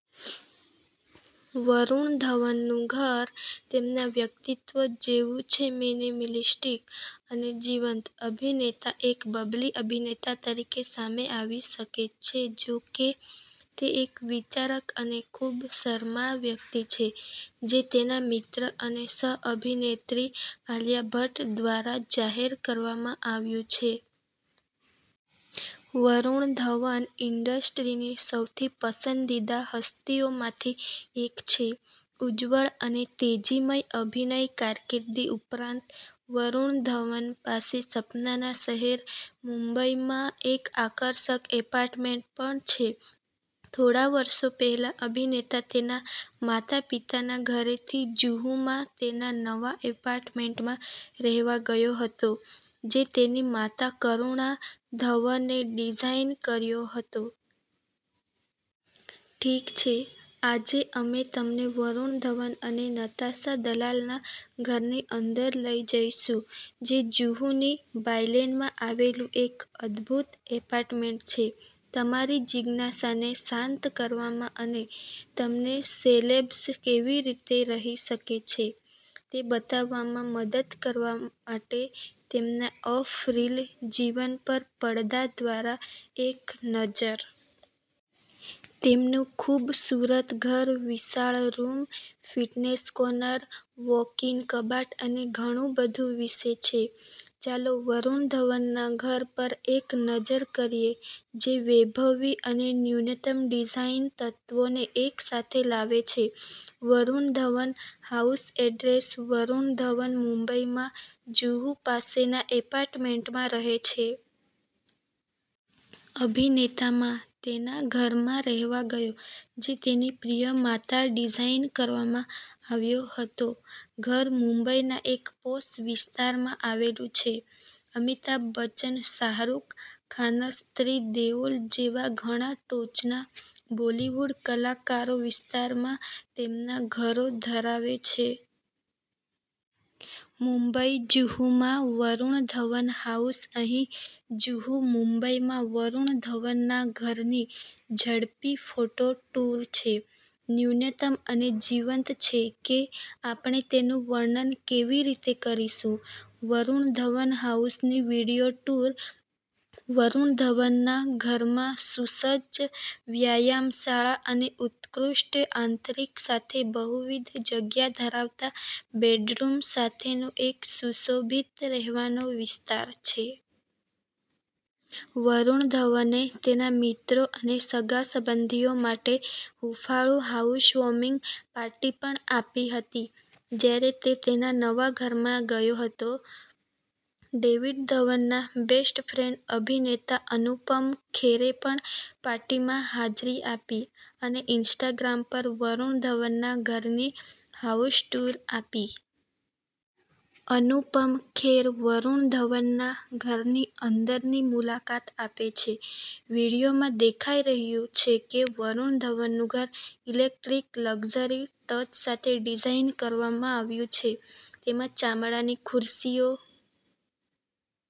વરુણ ધવનનું ઘર તેમના વ્યક્તિત્વ જેવુંછેમિનિમલિસ્ટિક અને જીવંત. અભિનેતા એક બબલી અભિનેતા તરીકે સામે આવી શકે છેજો કે, તે એક વિચારક અને ખૂબશરમાળ વ્યક્તિ છે, જે તેના મિત્ર અને સહ-અભિનેત્રી આલિયા ભટ્ટ દ્વારા જાહેર કરવામાં આવ્યું છે. વરુણ ધવન ઈન્ડસ્ટ્રીની સૌથી પસંદીદા હસ્તીઓમાંથી એક છે. ઉજ્જવળ અને તેજીમય અભિનય કારકિર્દી ઉપરાંત, વરુણ ધવન પાસે સપનાના શહેર, મુંબઈમાં એક આકર્ષક એપાર્ટમેન્ટ પણ છે. થોડા વર્ષો પહેલા, અભિનેતા તેના માતા-પિતાના ઘરેથી જુહુમાં તેના નવા એપાર્ટમેન્ટમાં રહેવા ગયો હતો, જે તેની માતા કરુણા ધવને ડિઝાઇન કર્યો હતો. ઠીક છે, આજે અમે તમને વરુણ ધવન અને નતાશા દલાલના ઘરની અંદર લઈ જઈશું, જે જુહુની બાયલેનમાં આવેલું એક અદભૂત એપાર્ટમેન્ટ છે. તમારી જિજ્ઞાસાને શાંત કરવામાં અને તમનેસેલેબ્સ કેવી રીતે રહે છે તે બતાવવામાં મદદ કરવા માટે તેમના ઑફ-રીલ જીવન પર પડદા દ્વારા એક નજર. તેમનું ખૂબસૂરત ઘર વિશાળ રૂમ, ફિટનેસ કોર્નર, વૉક-ઇન કબાટ અને ઘણું બધું વિશે છે. ચાલો વરુણ ધવનના ઘર પર એક નજર કરીએ જે વૈભવી અને ન્યૂનતમ ડિઝાઇન તત્વોને એકસાથે લાવે છે. વરુણ ધવન હાઉસ એડ્રેસ વરુણ ધવન મુંબઈમાં જુહુ પાસેના એપાર્ટમેન્ટમાં રહે છે. અભિનેતા માં તેના ઘરમાં રહેવા ગયો, જે તેની પ્રિય માતા દ્વારા ડિઝાઇન કરવામાં આવ્યો હતો. ઘર મુંબઈના એક પોશ વિસ્તારમાં આવેલું છે. અમિતાભ બચ્ચન, શાહરૂખ ખાનસન્ની દેઓલ જેવા ઘણા ટોચના બોલીવુડ કલાકારોવિસ્તારમાં તેમના ઘરો ધરાવે છે. મુંબઈ જુહુમાં વરુણ ધવન હાઉસ અહીં જુહુ મુંબઈમાં વરુણ ધવનના ઘરની ઝડપી ફોટો ટૂર છે. ન્યૂનતમ અને જીવંતછે કે આપણે તેનું વર્ણન કેવી રીતે કરીશું. વરુણ ધવન હાઉસની વિડિયો ટૂર વરુણ ધવનના ઘરમાં સુસજ્જ વ્યાયામશાળા અને ઉત્કૃષ્ટ આંતરિક સાથે બહુવિધ જગ્યા ધરાવતા બેડરૂમ સાથેનો એક સુશોભિત રહેવાનો વિસ્તાર છે. વરુણ ધવને તેના મિત્રો અને સંબંધીઓ માટે હૂંફાળું હાઉસવોર્મિંગ પાર્ટી પણ આપી હતી જ્યારે તે તેના નવા ઘરમાં ગયો હતો. ડેવિડ ધવનના બેસ્ટ ફ્રેન્ડ અભિનેતા અનુપમ ખેરે પણ પાર્ટીમાં હાજરી આપી અને ઈન્સ્ટાગ્રામ પર વરુણ ધવનના ઘરની હાઉસ ટૂર આપી. અનુપમ ખેર વરુણ ધવનના ઘરની અંદરની મુલાકાત આપે છે. વીડિયોમાં દેખાઈ રહ્યું છે કે વરુણ ધવનનું ઘર ઈલેક્ટ્રિક લક્ઝરી ટચ સાથે ડિઝાઈન કરવામાં આવ્યું છે. તેમાં ચામડાની ખુરશીઓ